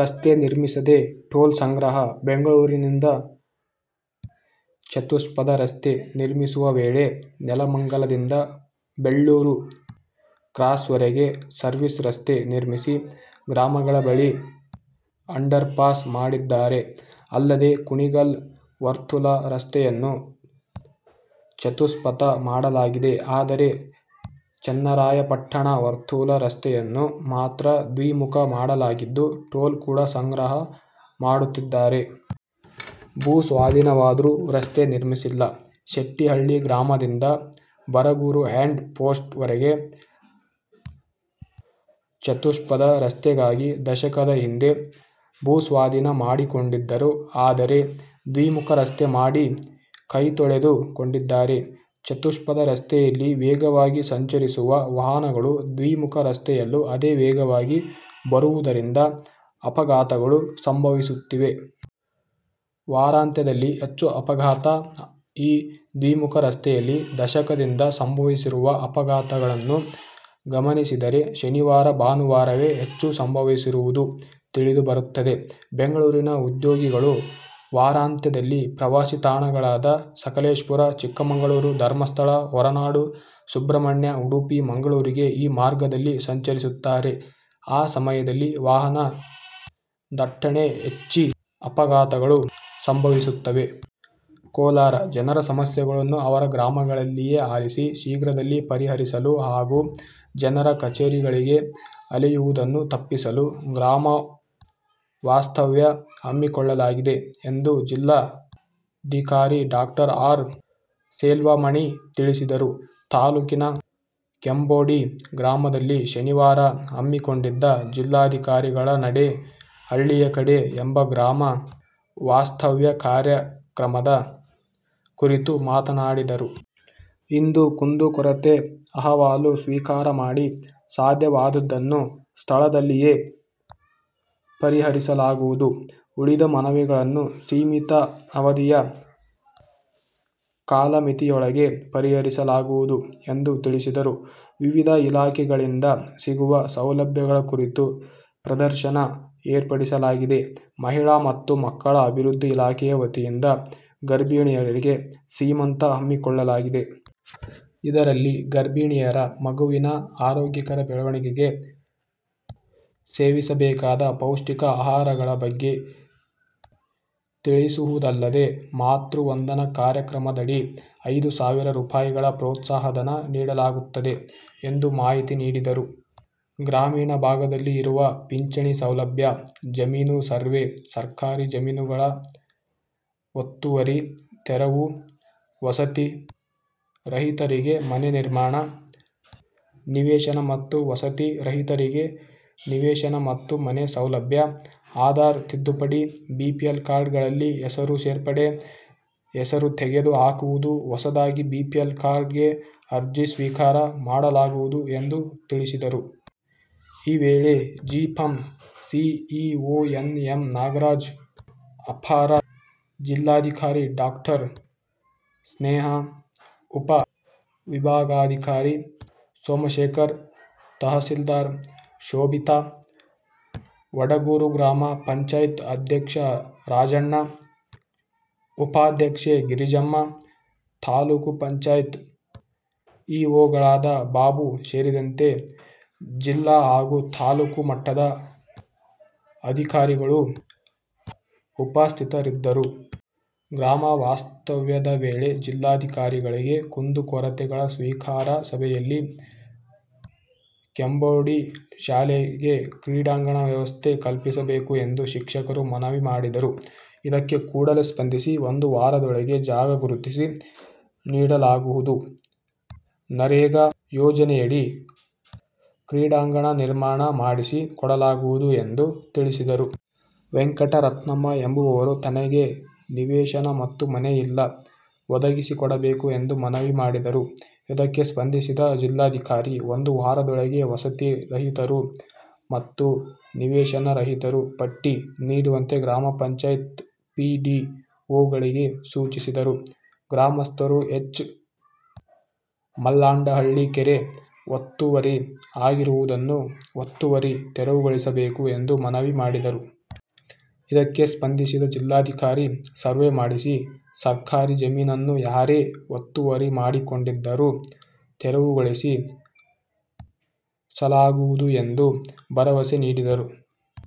ರಸ್ತೆ ನಿರ್ಮಿಸದೆ ಟೋಲ್ ಸಂಗ್ರಹ: ಬೆಂಗಳೂರಿನಿಂದ ಚತುಷ್ಪಥ ರಸ್ತೆ ನಿರ್ಮಿಸುವ ವೇಳೆ ನೆಲಮಂಗಲದಿಂದ ಬೆಳ್ಳೂರು ಕ್ರಾಸ್ವರೆಗೆ ಸರ್ವಿಸ್ ರಸ್ತೆ ನಿರ್ಮಿಸಿ, ಗ್ರಾಮಗಳ ಬಳಿ ಅಂಡರ್ಪಾಸ್ ಮಾಡಿದ್ದಾರೆ. ಅಲ್ಲದೆ, ಕುಣಿಗಲ್ ವರ್ತುಲ ರಸ್ತೆಯನ್ನು ಚತುಷ್ಪಥ ಮಾಡಲಾಗಿದೆ. ಆದರೆ, ಚನ್ನರಾಯಪಟ್ಟಣ ವರ್ತುಲ ರಸ್ತೆಯನ್ನು ಮಾತ್ರ ದ್ವಿಮುಖ ಮಾಡಲಾಗಿದ್ದು, ಟೋಲ್ ಕೂಡ ಸಂಗ್ರಹ ಮಾಡುತ್ತಿದ್ದಾರೆ. ಭೂ ಸ್ವಾಧೀನವಾದ್ರೂ ರಸ್ತೆ ನಿರ್ಮಿಸಿಲ್ಲ: ಶೆಟ್ಟಿಹಳ್ಳಿ ಗ್ರಾಮದಿಂದ ಬರಗೂರು ಹ್ಯಾಂಡ್ ಪೋಸ್ಟ್ ವರೆಗೆ ಚತುಷ್ಪಥ ರಸ್ತೆಗಾಗಿ ದಶಕದ ಹಿಂದೆ ಭೂಸ್ವಾಧೀನ ಮಾಡಿಕೊಂಡಿದ್ದರು. ಆದರೆ, ದ್ವಿಮುಖ ರಸ್ತೆ ಮಾಡಿ ಕೈತೊಳೆದು ಕೊಂಡಿದ್ದಾರೆ. ಚತುಷ್ಪಥ ರಸ್ತೆಯಲ್ಲಿ ವೇಗವಾಗಿ ಸಂಚರಿಸುವ ವಾಹನಗಳು ದ್ವಿಮುಖ ರಸ್ತೆಯಲ್ಲೂ ಅದೇ ವೇಗವಾಗಿ ಬರುವುದರಿಂದ ಅಪಘಾತಗಳು ಸಂಭವಿಸುತ್ತಿವೆ. ವಾರಾಂತ್ಯದಲ್ಲಿ ಹೆಚ್ಚು ಅಪಘಾತ: ಈ ದ್ವಿಮುಖ ರಸ್ತೆಯಲ್ಲಿ ದಶಕದಿಂದ ಸಂಭವಿಸಿರುವ ಅಪಘಾತ ಗಳನ್ನು ಗಮನಿಸಿದರೆ ಶನಿವಾರ-ಭಾನುವಾರವೇ ಹೆಚ್ಚು ಸಂಭವಿಸಿರುವುದು ತಿಳಿದು ಬರುತ್ತದೆ. ಬೆಂಗಳೂರಿನ ಉದ್ಯೋಗಿಗಳು ವಾರಾಂತ್ಯದಲ್ಲಿ ಪ್ರವಾಸಿ ತಾಣಗಳಾದ ಸಕಲೇಶಪುರ, ಚಿಕ್ಕಮಗಳೂರು, ಧರ್ಮಸ್ಥಳ, ಹೊರನಾಡು, ಸುಬ್ರಹ್ಮಣ್ಯ, ಉಡುಪಿ, ಮಂಗಳೂರಿಗೆ ಈ ಮಾರ್ಗದಲ್ಲಿ ಸಂಚರಿಸುತ್ತಾರೆ. ಆ ಸಮಯದಲ್ಲಿ ವಾಹನ ದಟ್ಟಣೆ ಹೆಚ್ಚಿ ಅಪಘಾತಗಳು ಸಂಭವಿಸುತ್ತವೆ. ಕೋಲಾರ: ಜನರ ಸಮಸ್ಯೆಗಳನ್ನು ಅವರ ಗ್ರಾಮಗಳ ಲ್ಲಿಯೇ ಆಲಿಸಿ ಶೀಘ್ರದಲ್ಲಿ ಪರಿಹರಿಸಲು ಹಾಗೂ ಜನರು ಕಚೇರಿಗಳಿಗೆ ಅಲೆಯುವುದನ್ನು ತಪ್ಪಿಸಲು ಗ್ರಾಮ ವಾಸ್ತವ್ಯ ಹಮ್ಮಿಕೊಳ್ಳಲಾಗಿದೆ ಎಂದು ಜಿಲ್ಲಾ ಧಿಕಾರಿ ಡಾ. ಆರ್. ಸೆಲ್ವಮಣಿ ತಿಳಿಸಿದರು. ತಾಲೂಕಿನ ಕೆಂಬೋಡಿ ಗ್ರಾಮದಲ್ಲಿ ಶನಿವಾರ ಹಮ್ಮಿ ಕೊಂಡಿದ್ದ "ಜಿಲ್ಲಾಧಿಕಾರಿಗಳ ನಡೆ ಹಳ್ಳಿಯ ಕಡೆ' ಎಂಬ ಗ್ರಾಮ ವಾಸ್ತವ್ಯ ಕಾರ್ಯ ಕ್ರಮದ ಕುರಿತು ಮಾತನಾಡಿದರು. ಇಂದೂ ಕುಂದು ಕೊರತೆ ಅಹವಾಲು ಸ್ವೀಕಾರ ಮಾಡಿ ಸಾಧ್ಯವಾದದ್ದನ್ನು ಸ್ಥಳದಲ್ಲಿಯೇ ಪರಿಹರಿಸಲಾಗುವುದು. ಉಳಿದ ಮನವಿಗಳನ್ನು ಸೀಮಿತ ಅವಧಿಯ ಕಾಲಮಿತಿಯೊಳಗೆ ಪರಿಹರಿಸಲಾಗುವುದು ಎಂದು ತಿಳಿಸಿದರು. ವಿವಿಧ ಇಲಾಖೆಗಳಿಂದ ಸಿಗುವ ಸೌಲಭ್ಯಗಳ ಕುರಿತು ಪ್ರದರ್ಶನ ಏರ್ಪಡಿಸಲಾಗಿದೆ. ಮಹಿಳಾ ಮತ್ತು ಮಕ್ಕಳ ಅಭಿವೃದ್ಧಿ ಇಲಾಖೆಯ ವತಿಯಿಂದ ಗರ್ಭಿಣಿಯರಿಗೆ ಸೀಮಂತ ಹಮ್ಮಿಕೊಳ್ಳಲಾಗಿದೆ. ಇದರಲ್ಲಿ ಗರ್ಭಿಣಿಯರ ಮಗುವಿನ ಆರೋಗ್ಯಕರ ಬೆಳವಣಿಗೆಗೆ ಸೇವಿಸಬೇಕಾದ ಪೌಷ್ಟಿಕ ಆಹಾರಗಳ ಬಗ್ಗೆ ತಿಳಿಸುವುದಲ್ಲದೆ, ಮಾತೃ ವಂದನಾ ಕಾರ್ಯಕ್ರಮದಡಿ ಐದು ಸಾವಿರ ರೂಪಾಯಿಗಳ ಪ್ರೋತ್ಸಾಹ ಧನ ನೀಡಲಾಗುತ್ತದೆ ಎಂದು ಮಾಹಿತಿ ನೀಡಿದರು. ಗ್ರಾಮೀಣ ಭಾಗದಲ್ಲಿ ಇರುವ ಪಿಂಚಣಿ ಸೌಲಭ್ಯ, ಜಮೀನು ಸರ್ವೇ, ಸರ್ಕಾರಿ ಜಮೀನು ಗಳ ಒತ್ತುವರಿ ತೆರವು, ವಸತಿ ರಹಿತರಿಗೆ ಮನೆ ನಿರ್ಮಾಣ, ನಿವೇಶನ ಮತ್ತು ವಸತಿ ರಹಿತರಿಗೆ ನಿವೇಶನ ಮತ್ತು ಮನೆ ಸೌಲಭ್ಯ, ಆಧಾರ್ ತಿದ್ದುಪಡಿ, ಬಿಪಿಎಲ್ ಕಾರ್ಡ್ ಗಳಲ್ಲಿ ಹೆಸರು ಸೇರ್ಪಡೆ, ಹೆಸರು ತೆಗೆದು ಹಾಕುವುದು, ಹೊಸದಾಗಿ ಬಿಪಿಎಲ್ ಕಾರ್ಡ್ಗೆ ಅರ್ಜಿ ಸ್ವೀಕಾರ ಮಾಡಲಾಗುವುದು ಎಂದು ತಿಳಿಸಿದರು. ಈ ವೇಳೆ ಜಿಪಂ C E O N. M. Nagaraj, ಅಪರ ಜಿಲ್ಲಾ ಧಿಕಾರಿ ಡಾಕ್ಟರ್. ಸ್ನೇಹಾ, ಉಪ ವಿಭಾಗಾಧಿಕಾರಿ ಸೋಮಶೇಖರ್, ತಹಶೀಲ್ದಾರ್ ಶೋಭಿತಾ, ವಡಗೂರು ಗ್ರಾಮ ಪಂಚಾಯತ್ ಅಧ್ಯಕ್ಷ ರಾಜಣ್ಣ, ಉಪಾಧ್ಯಕ್ಷೆ ಗಿರಿಜಮ್ಮ, ತಾಲ್ಲೂಕು ಪಂಚಾಯತ್ ಇ ಒ ಗಳಾದ ಬಾಬು ಸೇರಿದಂತೆ ಜಿಲ್ಲಾ ಹಾಗೂ ತಾಲೂಕು ಮಟ್ಟದ ಅಧಿಕಾರಿಗಳು ಉಪಸ್ಥಿತರಿದ್ದರು. ಗ್ರಾಮ ವಾಸ್ತವ್ಯದ ವೇಳೆ ಜಿಲ್ಲಾಧಿಕಾರಿಗೆ ಕುಂದು ಕೊರತೆಗಳ ಸ್ವೀಕಾರ ಸಭೆಯಲ್ಲಿ ಕೆಂಬೋಡಿ ಶಾಲೆಗೆ ಕ್ರೀಡಾಂಗಣ ವ್ಯವಸ್ಥೆ ಕಲ್ಪಿಸಬೇಕು ಎಂದು ಶಿಕ್ಷಕರು ಮನವಿ ಮಾಡಿದರು. ಇದಕ್ಕೆ ಕೂಡಲೇ ಸ್ಪಂದಿಸಿ ಒಂದು ವಾರದೊಳಗೆ ಜಾಗ ಗುರುತಿಸಿ ನೀಡಲಾಗುವುದು. ನರೇಗಾ ಯೋಜನೆಯಡಿ ಕ್ರೀಡಾಂಗಣ ನಿರ್ಮಾಣ ಮಾಡಿಸಿ ಕೊಡಲಾಗುವುದು ಎಂದು ತಿಳಿಸಿದರು. ವೆಂಕಟರತ್ನಮ್ಮ ಎಂಬವರು ತನಗೆ ನಿವೇಶನ ಮತ್ತು ಮನೆ ಇಲ್ಲ ಒದಗಿಸಿಕೊಡಬೇಕು ಎಂದು ಮನವಿ ಮಾಡಿದರು. ಇದಕ್ಕೆ ಸ್ಪಂದಿಸಿದ ಜಿಲ್ಲಾಧಿಕಾರಿ, ಒಂದು ವಾರದೊಳಗೆ ವಸತಿ ರಹಿತರು ಮತ್ತು ನಿವೇಶನ ರಹಿತರ ಪಟ್ಟಿ ನೀಡುವಂತೆ ಗ್ರಾಮ ಪಂಚಾಯತ್ ಪಿ ಡಿ ಒಗಳಿಗೆ ಸೂಚಿಸಿದರು. ಗ್ರಾಮಸ್ಥರು ಎಚ್. ಮಲ್ಲಾಂಡಹಳ್ಳಿ ಕೆರೆ ಒತ್ತುವರಿ ಆಗಿರುವುದನ್ನು ಒತ್ತುವರಿ ತೆರವುಗೊಳಿಸಬೇಕು ಎಂದು ಮನವಿ ಮಾಡಿದರು. ಇದಕ್ಕೆ ಸ್ಪಂದಿಸಿದ ಜಿಲ್ಲಾಧಿಕಾರಿ, ಸರ್ವೇ ಮಾಡಿಸಿ ಸರ್ಕಾರಿ ಜಮೀನನ್ನು ಯಾರೇ ಒತ್ತುವರಿ ಮಾಡಿಕೊಂಡಿದ್ದರೂ ತೆರವುಗೊಳಿ ಸಲಾಗುವುದು ಎಂದು ಭರವಸೆ ನೀಡಿದರು.